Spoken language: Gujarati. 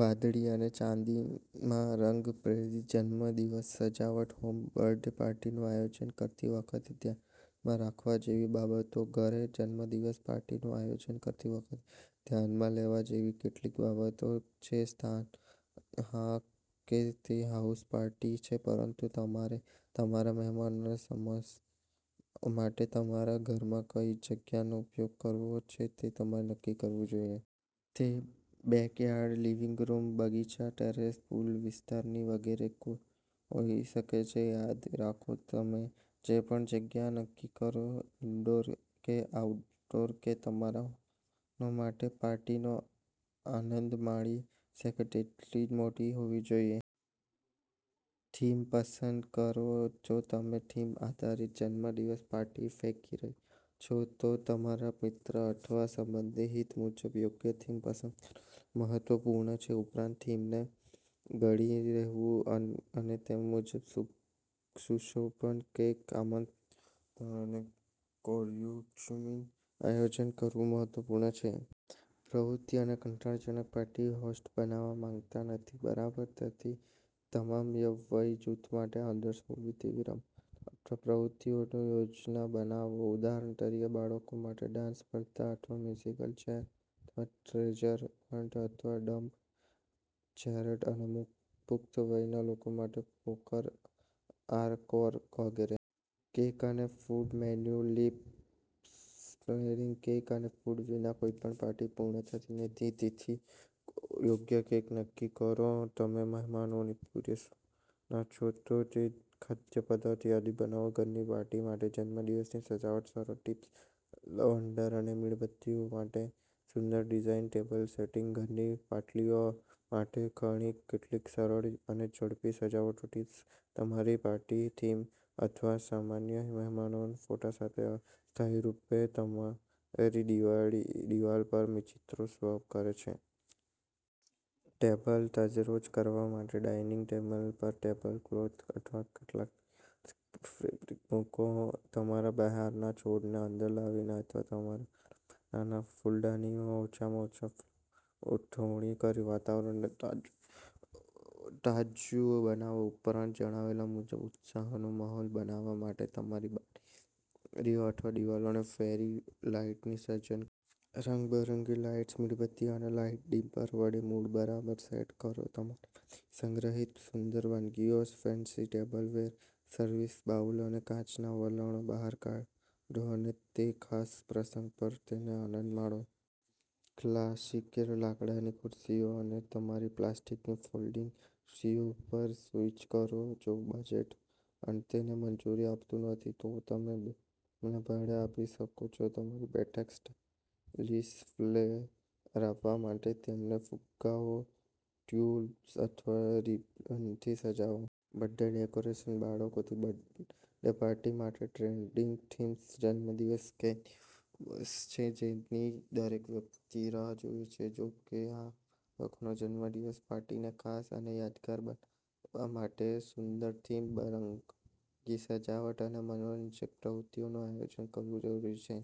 વાદળી અને ચાંદીમાં રંગ-પ્રેરિત જન્મદિવસની સજાવટ હોમ બર્થડે પાર્ટીનું આયોજન કરતી વખતે ધ્યાનમાં રાખવા જેવી બાબતો ઘરે જન્મદિવસની પાર્ટીનું આયોજન કરતી વખતે ધ્યાનમાં લેવા જેવી કેટલીક બાબતો છે સ્થાન હા, તે એક હાઉસ પાર્ટી છે પરંતુ તમારે તમારા મહેમાનોને સમાવવા માટે તમારા ઘરમાં કઈ જગ્યાનો ઉપયોગ કરવો છે તે તમારે નક્કી કરવાની જરૂર છે. તે બેકયાર્ડ, લિવિંગ રૂમ, બગીચો, ટેરેસ, પૂલ વિસ્તાર વગેરે હોઈ શકે છે. યાદ રાખો, તમે જે પણ જગ્યા નક્કી કરો- ઇન્ડોર કે આઉટડોર, તે તમારા મહેમાનો માટે પાર્ટીનો આનંદ માણી શકે તેટલી મોટી હોવી જોઈએ. થીમ પસંદ કરો જો તમે થીમ આધારિત જન્મદિવસની પાર્ટી ફેંકી રહ્યા છો, તો તમારા મિત્ર અથવા સંબંધીના હિત મુજબ યોગ્ય થીમ પસંદ કરવી મહત્વપૂર્ણ છે. ઉપરાંત, થીમને વળગી રહેવું અને તે મુજબ સુશોભન, કેક, આમંત્રણ અને કોસ્ચ્યુમનું આયોજન કરવું મહત્વપૂર્ણ છે. પ્રવૃત્તિઓ તમે કંટાળાજનક પાર્ટીના હોસ્ટ બનવા માંગતા નથી, બરાબર? તેથી, તમામ વય જૂથો માટે આદર્શ હોય તેવી રમતો અથવા પ્રવૃત્તિઓની યોજના બનાવો. ઉદાહરણ તરીકે, બાળકો માટે ડાન્સ સ્પર્ધા અથવા મ્યુઝિકલ ચેર અથવા ટ્રેઝર હન્ટ અથવા ડમ્બ ચૅરેડ્સ અને પુખ્ત વયના લોકો માટે પોકર, કરાઓકે વગેરે. કેક અને ફૂડ મેનૂ લિપ-સ્મેશિંગ કેક અને ફૂડ વિના કોઈપણ પાર્ટી પૂર્ણ થતી નથી. તેથી, યોગ્ય કેક નક્કી કરો અને તમે મહેમાનોને પીરસવાના છો તે ખાદ્યપદાર્થોની યાદી બનાવો. ઘરની પાર્ટીઓ માટે જન્મદિવસની સજાવટની સરળ ટિપ્સ લવંડર અને મીણબત્તીઓ સાથે સુંદર ડાઇનિંગ ટેબલ સેટિંગ ઘરની પાર્ટીઓ માટે અહીં કેટલીક સરળ અને ઝડપી સજાવટ ટિપ્સ છે તમારી પાર્ટીની થીમ અથવા સન્માનિત મહેમાનોના ફોટા સાથે અસ્થાયી રૂપે તમારી દિવાલ પરના ચિત્રોને સ્વેપ કરો. ટેબલને તરતતેજ કરવા માટે ડાઇનિંગ ટેબલ પર ટેબલક્લોથ અથવા કેટલાક યાર્ડ ફેબ્રિક મૂકો. તમારા બહારના છોડને અંદર લાવીને અથવા તમારા સમગ્ર ઘરમાં નાના ફૂલદાનીઓમાં ઓછામાં ઓછી ફ્લોરલ ગોઠવણી કરીને વાતાવરણને તાજું બનાવો. ઉપર જણાવ્યા મુજબ, ઉત્સવનો માહોલ બનાવવા માટે તમારી બારીઓ અથવા દિવાલોને ફેરી લાઇટથી સજ્જ કરો. રંગબેરંગી લાઇટ્સ, મીણબત્તીઓ અને લાઇટ ડિમર વડે મૂડ બરાબર સેટ કરો. તમારી બધી સંગ્રહિત સુંદર વાનગીઓ, ફેન્સી ટેબલવેર, સર્વિંગ બાઉલ અને કાચનાં વાસણો બહાર કાઢો અને તે ખાસ પ્રસંગો પર તેનો આનંદ માણો. ક્લાસિયર લાકડાની ખુરશીઓ સાથે તમારી પ્લાસ્ટિક ફોલ્ડિંગ ખુરશીઓ પર સ્વિચ કરો. જો બજેટ તેને મંજૂરી આપતું નથી, તો તમે તેમને ભાડે આપી શકો છો. તમારી બેઠકને સ્ટાઇલિશ ફ્લેર આપવા માટે તેમને ફુગ્ગાઓ, ટ્યૂલ અથવા રિબનથી સજાવો. બર્થડે ડેકોરેશન બાળકોની બર્થડે પાર્ટી માટે ટ્રેન્ડિંગ થીમ્સ જન્મદિવસ એક દિવસ છે જેની દરેક વ્યક્તિ રાહ જુએ છે. જો કે, એક બાળક જન્મદિવસની પાર્ટીને ખાસ અને યાદગાર બનાવવા માટે સુંદર થીમ, રંગબેરંગી સજાવટ અને મનોરંજક પ્રવૃત્તિઓનું આયોજન કરવું જરૂરી છે.